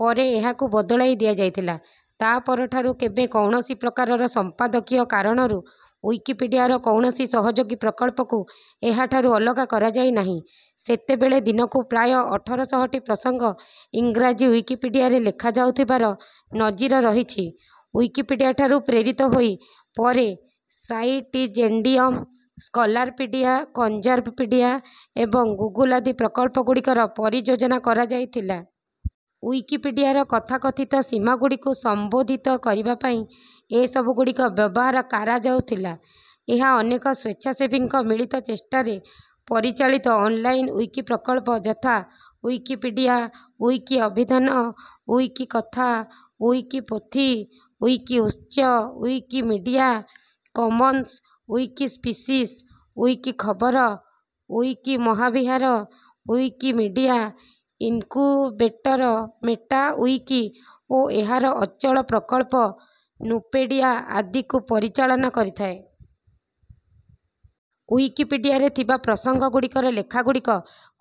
ପରେ ଏହାକୁ ବଦଳାଇ ଦିଆଯାଇଥିଲା। ତା ପରଠାରୁ କେବେ କୌଣସି ପ୍ରକାରର ସମ୍ପାଦକୀୟ କାରଣରୁ ଉଇକିପିଡ଼ିଆର କୌଣସି ସହଯୋଗୀ ପ୍ରକଳ୍ପକୁ ଏହାଠାରୁ ଅଲଗା କରାଯାଇନାହିଁ। ସେତେବେଳେ ଦିନକୁ ପ୍ରାୟ ଅଠର ଶହ ଟି ପ୍ରସଙ୍ଗ ଇଂରାଜୀ ଉଇକିପିଡ଼ିଆରେ ଲେଖାଯାଉଥିବାର ନଜିର ରହିଛି। ଉଇକିପିଡ଼ିଆଠାରୁ ପ୍ରେରିତ ହୋଇ ପରେ ସାଇଟିଜେଣ୍ଡ଼ିୟମ ସ୍କଲାରପିଡ଼ିଆ କନଜର୍ଭପିଡ଼ିଆ ଏବଂ ଗୁଗୁଲ ଆଦି ପ୍ରକଳ୍ପ ଗୁଡ଼ିକର ପରିଯୋଜନା କରାଯାଇଥିଲା।. ଉଇକିପିଡ଼ିଆର କଥା କଥିତ ସୀମା ଗୁଡ଼ିକୁ ସମ୍ବୋଧିତ କରିବା ପାଇଁ ଏସବୁ ଗୁଡ଼ିକ ବ୍ୟବହାର କାରାଯାଉଥିଲା। ଏହା ଅନେକ ସ୍ୱେଚ୍ଛାସେବୀଙ୍କ ମିଳିତ ଚେଷ୍ଟାରେ ପରିଚାଳିତ ଅନଲାଇନ ଉଇକି ପ୍ରକଳ୍ପ ଯଥା ଉଇକିପିଡ଼ିଆ ଉଇକିଅଭିଧାନ ଉଇକିକଥା ଉଇକିପୋଥି ଉଇକିଉତ୍ସ ଉଇକିମିଡ଼ିଆ କମନ୍ସ ଉଇକିସ୍ପିସିସ ଉଇକିଖବର ଉଇକିମହାବିହାର ଉଇକିମିଡ଼ିଆ ଇନକୁବେଟର ମେଟା ଉଇକି ଓ ଏହାର ଅଚଳ ପ୍ରକଳ୍ପ ନୁପେଡ଼ିଆ ଆଦିକୁ ପରିଚାଳନ କରିଥାଏ। ଉଇକିପିଡ଼ିଆରେ ଥିବା ପ୍ରସଙ୍ଗ ଗୁଡ଼ିକର ଲେଖା ଗୁଡ଼ିକ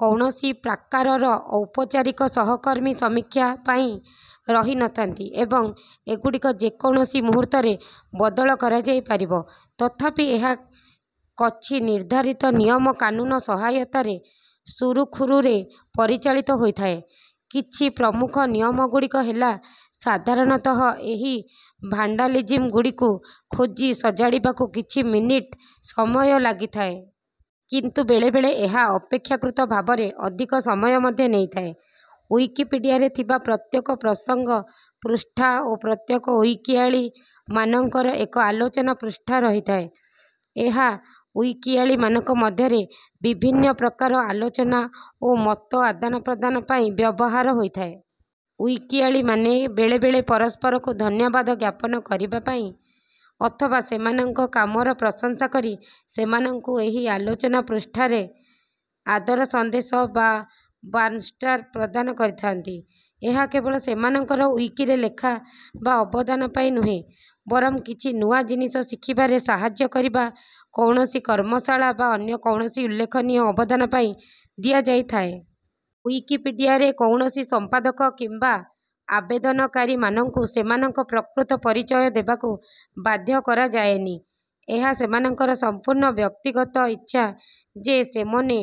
କୌଣସି ପ୍ରାକାରର ଔପଚାରିକ ସହକର୍ମୀ ସମୀକ୍ଷା ପାଇଁ ରହି ନଥାନ୍ତି ଏବଂ ଏଗୁଡ଼ିକ ଯେକୌଣସି ମୁହୂର୍ତ୍ତରେ ବଦଳ କରାଯାଇପାରିବ। ତଥାପି ଏହା କଛି ନିର୍ଦ୍ଧାରିତ ନିୟମ କାନୁନ ସହାୟତାରେ ସୁରୁଖୁରୁରେ ପରିଚାଳିତ ହୋଇଥାଏ। କିଛି ପ୍ରମୁଖ ନିୟମ ଗୁଡ଼ିକ ହେଲା ସାଧାରଣତଃ ଏହି ଭାଣ୍ଡାଲିଜିମ ଗୁଡିକୁ ଖୋଜି ସଜାଡିବାକୁ କିଛି ମିନିଟ ସମୟ ଲାଗିଥାଏ। କିନ୍ତୁ ବେଳେବେଳେ ଏହା ଅପେକ୍ଷାକୃତ ଭାବରେ ଅଧିକ ସମୟ ମଧ୍ୟ ନେଇଥାଏ। ଉଇକିପିଡ଼ିଆରେ ଥିବା ପ୍ରତ୍ଯେକ ପ୍ରସଙ୍ଗ ପୃଷ୍ଠା ଓ ପ୍ରତ୍ଯେକ ଉଇକିଆଳି ମାନଙ୍କର ଏକ ଆଲୋଚନା ପୃଷ୍ଠା ରହିଥାଏ। ଏହା ଉଇକିଆଳି ମାନଙ୍କ ମଧ୍ୟରେ ବିଭିନ୍ନ ପ୍ରକାର ଆଲୋଚନା ଓ ମତ ଆଦାନପ୍ରଦାନ ପାଇଁ ବ୍ଯବହାର ହୋଇଥାଏ। ଉଇକିଆଳିମାନେ ବେଳେବେଳେ ପରସ୍ପରକୁ ଧନ୍ୟବାଦ ଜ୍ଞାପନ କରିବା ପାଇଁ ଅଥବା ସେମାନଙ୍କ କାମର ପ୍ରଶଂସା କରି ସେମାନଙ୍କୁ ଏହି ଆଲୋଚନା ପୃଷ୍ଠାରେ ଆଦର ସନ୍ଦେଶ ବା ବାର୍ଣ୍ଣଷ୍ଟାର ପ୍ରଦାନ କରିଥାନ୍ତି। ଏହା କେବଳ ସେମାନଙ୍କର ଉଇକିରେ ଲେଖା ବା ଅବଦାନ ପାଇଁ ନୁହେଁ ବରଂ କିଛି ନୂଆ ଜିନିଷ ଶିଖିବାରେ ସାହାଜ୍ଯ କରିବା କୌଣସି କର୍ମଶାଳା ବା ଅନ୍ୟ କୌଣସି ଉଲ୍ଲେଖନୀୟ ଅବଦାନ ପାଇଁ ଦିଆଯାଇଥାଏ। ଉଇକିପିଡ଼ିଆରେ କୌଣସି ସମ୍ପାଦକ କିମ୍ବା ଅବଦନକାରୀ ମାନଙ୍କୁ ସେମାନଙ୍କ ପ୍ରକୃତ ପରିଚୟ ଦେବାକୁ ବାଧ୍ୟ କରାଯାଏନି। ଏହା ସେମାନଙ୍କର ସଂପୂର୍ଣ୍ଣ ବ୍ୟକ୍ତିଗତ ଇଚ୍ଛା ଯେ ସେମନେ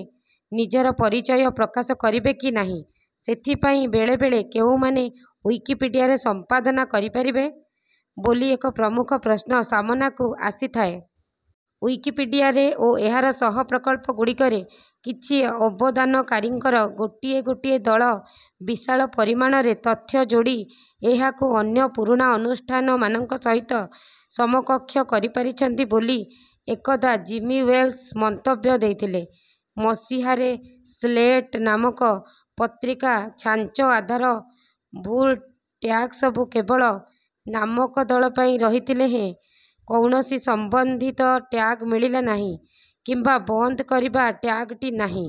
ନିଜର ପରିଚୟ ପ୍ରକାଶ କରିବେ କି ନାହିଁ। ସେଥିପାଇଁ ବେଳେବେଳେ କେଉଁ ମାନେ ଉଇକିପିଡ଼ିଆରେ ସମ୍ପାଦନା କରିପାରିବେ? ବୋଲି ଏକ ପ୍ରମୁଖ ପ୍ରଶ୍ନ ସାମନାକୁ ଆସିଥାଏ। ଉଇକିପିଡ଼ିଆରେ ଓ ଏହାର ସହ ପ୍ରକଳ୍ପ ଗୁଡିକରେ କିଛି ଅବଦାନକାରୀଙ୍କର ଗୋଟିଏ ଗୋଟିଏ ଦଳ ବିଶାଳ ପରିମାଣରେ ତଥ୍ୟ ଯୋଡି ଏହାକୁ ଅନ୍ୟ ପୁରୁଣା ଅନୁଷ୍ଠାନ ମାନଙ୍କ ସହିତ ସମକକ୍ଷ କରିପାରିଛନ୍ତି ବୋଲି ଏକଦା ଜିମି ୱେଲ୍ସ ମନ୍ତବ୍ୟ ଦେଇଥିଲେ। ମସିହାରେ ସ୍ଳେଟ ନାମକ ପତ୍ରିକା ଛାଞ୍ଚ ଆଧାର ଭୁଲ ଟ୍ୟାଗସବୁ କେବଳ ନାମକ ଦଳ ପାଇଁ ରହିଥିଲେ ହେଁ କୌଣସି ସମ୍ବନ୍ଧିତ ଟ୍ୟାଗ ମିଳିଲା ନାହିଁ କିମ୍ବା ବନ୍ଦ କରିବା ଟ୍ୟାଗଟି ନାହିଁ।